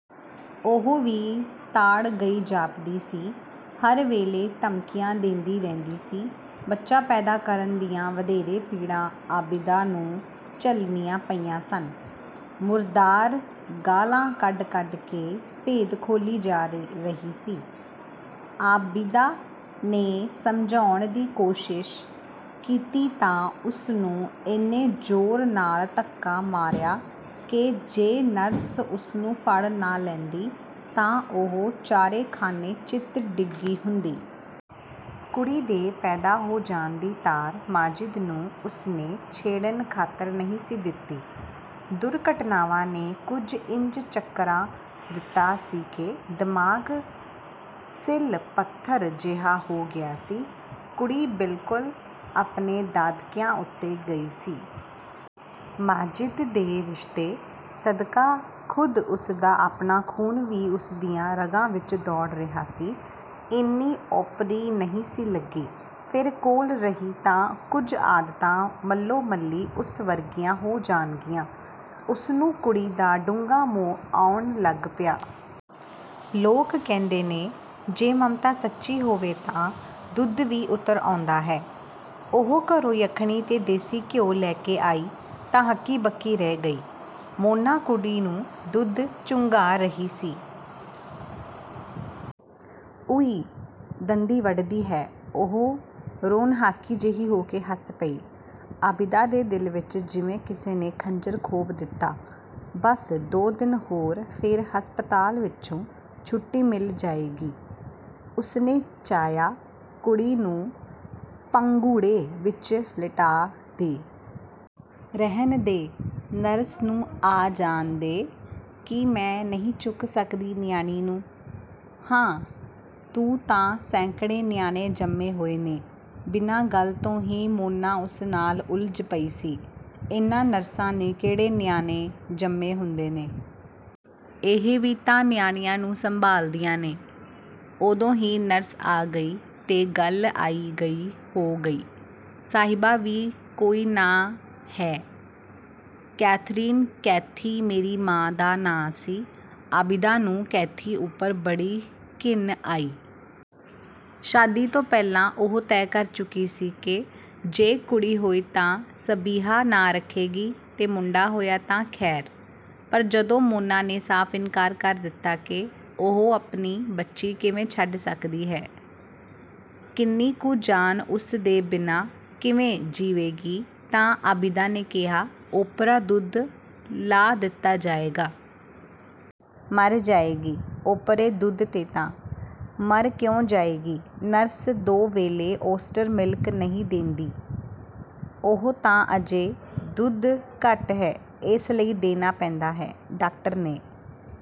ਉਹ ਵੀ ਤਾੜ ਗਈ ਜਾਪਦੀ ਸੀ, ਹਰ ਵੇਲੇ ਧਮਕੀਆਂ ਦੇਂਦੀ ਰਹਿੰਦੀ ਸੀ। ਬੱਚਾ ਪੈਦਾ ਕਰਨ ਦੀਆਂ ਵਧੇਰੇ ਪੀੜਾਂ ਆਬਿਦਾ ਨੂੰ ਝੱਲਣੀਆਂ ਪਈਆਂ ਸਨ। ਮੁਰਦਾਰ ਗਾਲ੍ਹਾਂ ਕੱਢ-ਕੱਢ ਕੇ ਭੇਦ ਖੋਲ੍ਹੀ ਜਾ ਰਹੀ ਸੀ। ਆਬਿਦਾ ਨੇ ਸਮਝਾਉਣ ਦੀ ਕੋਸ਼ਿਸ਼ ਕੀਤੀ ਤਾਂ ਉਸਨੂੰ ਇੰਨੇ ਜ਼ੋਰ ਨਾਲ ਧੱਕਾ ਮਾਰਿਆ ਕਿ ਜੇ ਨਰਸ ਉਸਨੂੰ ਫੜ ਨਾ ਲੈਂਦੀ ਤਾਂ ਉਹ ਚਾਰੇ ਖਾਨੇ ਚਿੱਤ ਡਿੱਗੀ ਹੁੰਦੀ। ਕੁੜੀ ਦੇ ਪੈਦਾ ਹੋ ਜਾਣ ਦੀ ਤਾਰ ਮਾਜਿਦ ਨੂੰ ਉਸਨੇ ਛੇੜਣ ਖਾਤਰ ਨਹੀਂ ਸੀ ਦਿੱਤੀ। ਦੁਰ-ਘਟਨਾਵਾਂ ਨੇ ਕੁਝ ਇੰਜ ਚਕਰਾ ਦਿੱਤਾ ਸੀ ਕਿ ਦਿਮਾਗ਼ ਸਿਲ-ਪੱਥਰ ਜਿਹਾ ਹੋ ਗਿਆ ਸੀ। ਕੁੜੀ ਬਿਲਕੁਲ ਆਪਣੇ ਦਾਦਕਿਆਂ ਉੱਤੇ ਗਈ ਸੀ। ਮਾਜਿਦ ਦੇ ਰਿਸ਼ਤੇ ਸਦਕਾ ਖ਼ੁਦ ਉਸਦਾ ਆਪਣਾ ਖੂਨ ਵੀ ਉਸਦੀਆਂ ਰਗਾਂ ਵਿੱਚ ਦੌੜ ਰਿਹਾ ਸੀ, ਇੰਨੀ ਓਪਰੀ ਨਹੀਂ ਸੀ ਲੱਗੀ। ਫਿਰ ਕੋਲ ਰਹੀ ਤਾਂ ਕੁਝ ਆਦਤਾਂ ਮੱਲੋ-ਮੱਲੀ ਉਸ ਵਰਗੀਆਂ ਹੋ ਜਾਣਗੀਆਂ। ਉਸਨੂੰ ਕੁੜੀ ਦਾ ਡੂੰਘਾ ਮੋਹ ਆਉਣ ਲੱਗ ਪਿਆ। ਲੋਕ ਕਹਿੰਦੇ ਨੇ, 'ਜੇ ਮਮਤਾ ਸੱਚੀ ਹੋਵੇ ਤਾਂ ਦੁੱਧ ਵੀ ਉਤਰ ਆਉਂਦਾ ਹੈ!' ਉਹ ਘਰੋਂ ਯਖਨੀ ਤੇ ਦੇਸੀ ਘਿਓ ਲੈ ਕੇ ਆਈ ਤਾਂ ਹੱਕੀ-ਬੱਕੀ ਰਹਿ ਗਈ! ਮੋਨਾ ਕੁੜੀ ਨੂੰ ਦੁੱਧ ਚੁੰਘਾ ਰਹੀ ਸੀ! "ਉਈ, ਦੰਦੀ ਵੱਢਦੀ ਹੈ!" ਉਹ ਰੋਣਹਾਕੀ ਜਿਹੀ ਹੋ ਕੇ ਹੱਸ ਪਈ। ਆਬਿਦਾ ਦੇ ਦਿਲ ਵਿੱਚ ਜਿਵੇਂ ਕਿਸੇ ਨੇ ਖੰਜਰ ਖੋਭ ਦਿੱਤਾ। ਬੱਸ ਦੋ ਦਿਨ ਹੋਰ, ਫਿਰ ਹਸਪਤਾਲ ਵਿੱਚੋਂ ਛੁੱਟੀ ਮਿਲ ਜਾਏਗੀ। ਉਸਨੇ ਚਾਹਿਆ ਕੁੜੀ ਨੂੰ ਪੰਘੂੜੇ ਵਿੱਚ ਲਿਟਾ ਦੇ। "ਰਹਿਣ ਦੇ, ਨਰਸ ਨੂੰ ਆ ਜਾਣ ਦੇ--" "ਕੀ ਮੈਂ ਨਹੀਂ ਚੁੱਕ ਸਕਦੀ ਨਿਆਣੀ ਨੂੰ?" "ਹਾਂ, ਤੂੰ ਤਾਂ ਸੈਂਕੜੇ ਨਿਆਣੇ ਜੰਮੇ ਹੋਏ ਨੇ--" ਬਿਨਾਂ ਗੱਲ ਤੋਂ ਹੀ ਮੋਨਾ ਉਸ ਨਾਲ ਉਲਝ ਪਈ ਸੀ।"ਇਹਨਾਂ ਨਰਸਾਂ ਨੇ ਕਿਹੜੇ ਨਿਆਣੇ ਜੰਮੇ ਹੁੰਦੇ ਨੇ? ਇਹ ਵੀ ਤਾਂ ਨਿਆਣਿਆਂ ਨੂੰ ਸੰਭਾਲਦੀਆਂ ਨੇ।" ਉਦੋਂ ਹੀ ਨਰਸ ਆ ਗਈ ਤੇ ਗੱਲ ਆਈ-ਗਈ ਹੋ ਗਈ। "ਸਬਿਹਾ ਵੀ ਕੋਈ ਨਾਂ ਹੈ! ਕੈਥਰੀਨ, ਕੈਥੀ ਮੇਰੀ ਮਾਂ ਦਾ ਨਾਂ ਸੀ।" ਆਬਿਦਾ ਨੂੰ ਕੈਥੀ ਉੱਪਰ ਬੜੀ ਘਿਣ ਆਈ। ਸ਼ਾਦੀ ਤੋਂ ਪਹਿਲਾਂ ਉਹ ਤੈਅ ਕਰ ਚੁੱਕੀ ਸੀ ਕਿ ਜੇ ਕੁੜੀ ਹੋਈ ਤਾਂ ਸਬਿਹਾ ਨਾਂ ਰੱਖੇਗੀ ਤੇ ਮੁੰਡਾ ਹੋਇਆ ਤਾਂ; ਖ਼ੈਰ। ਪਰ ਜਦੋਂ ਮੋਨਾ ਨੇ ਸਾਫ ਇਨਕਾਰ ਕਰ ਦਿੱਤਾ ਕਿ ਉਹ ਆਪਣੀ ਬੱਚੀ ਕਿਵੇਂ ਛੱਡ ਸਕਦੀ ਹੈ, ਇੰਨੀ ਕੁ ਜਾਨ ਉਸ ਦੇ ਬਿਨਾਂ ਕਿਵੇਂ ਜੀਵੇਗੀ ਤਾਂ ਆਬਿਦਾ ਨੇ ਕਿਹਾ, "ਓਪਰਾ ਦੁੱਧ ਲਾ ਦਿੱਤਾ ਜਾਏਗਾ।" "ਮਰ ਜਾਏਗੀ, ਓਪਰੇ ਦੁੱਧ 'ਤੇ ਤਾਂ।" "ਮਰ ਕਿਉਂ ਜਾਏਗੀ, ਨਰਸ ਦੋ ਵੇਲੇ ਓਸਟਰ ਮਿਲਕ ਨਹੀਂ ਦੇਂਦੀ?" "ਉਹ ਤਾਂ ਅਜੇ ਦੁੱਧ ਘੱਟ ਹੈ, ਇਸ ਲਈ ਦੇਣਾ ਪੈਂਦਾ ਹੈ। ਡਾਕਟਰ ਨੇ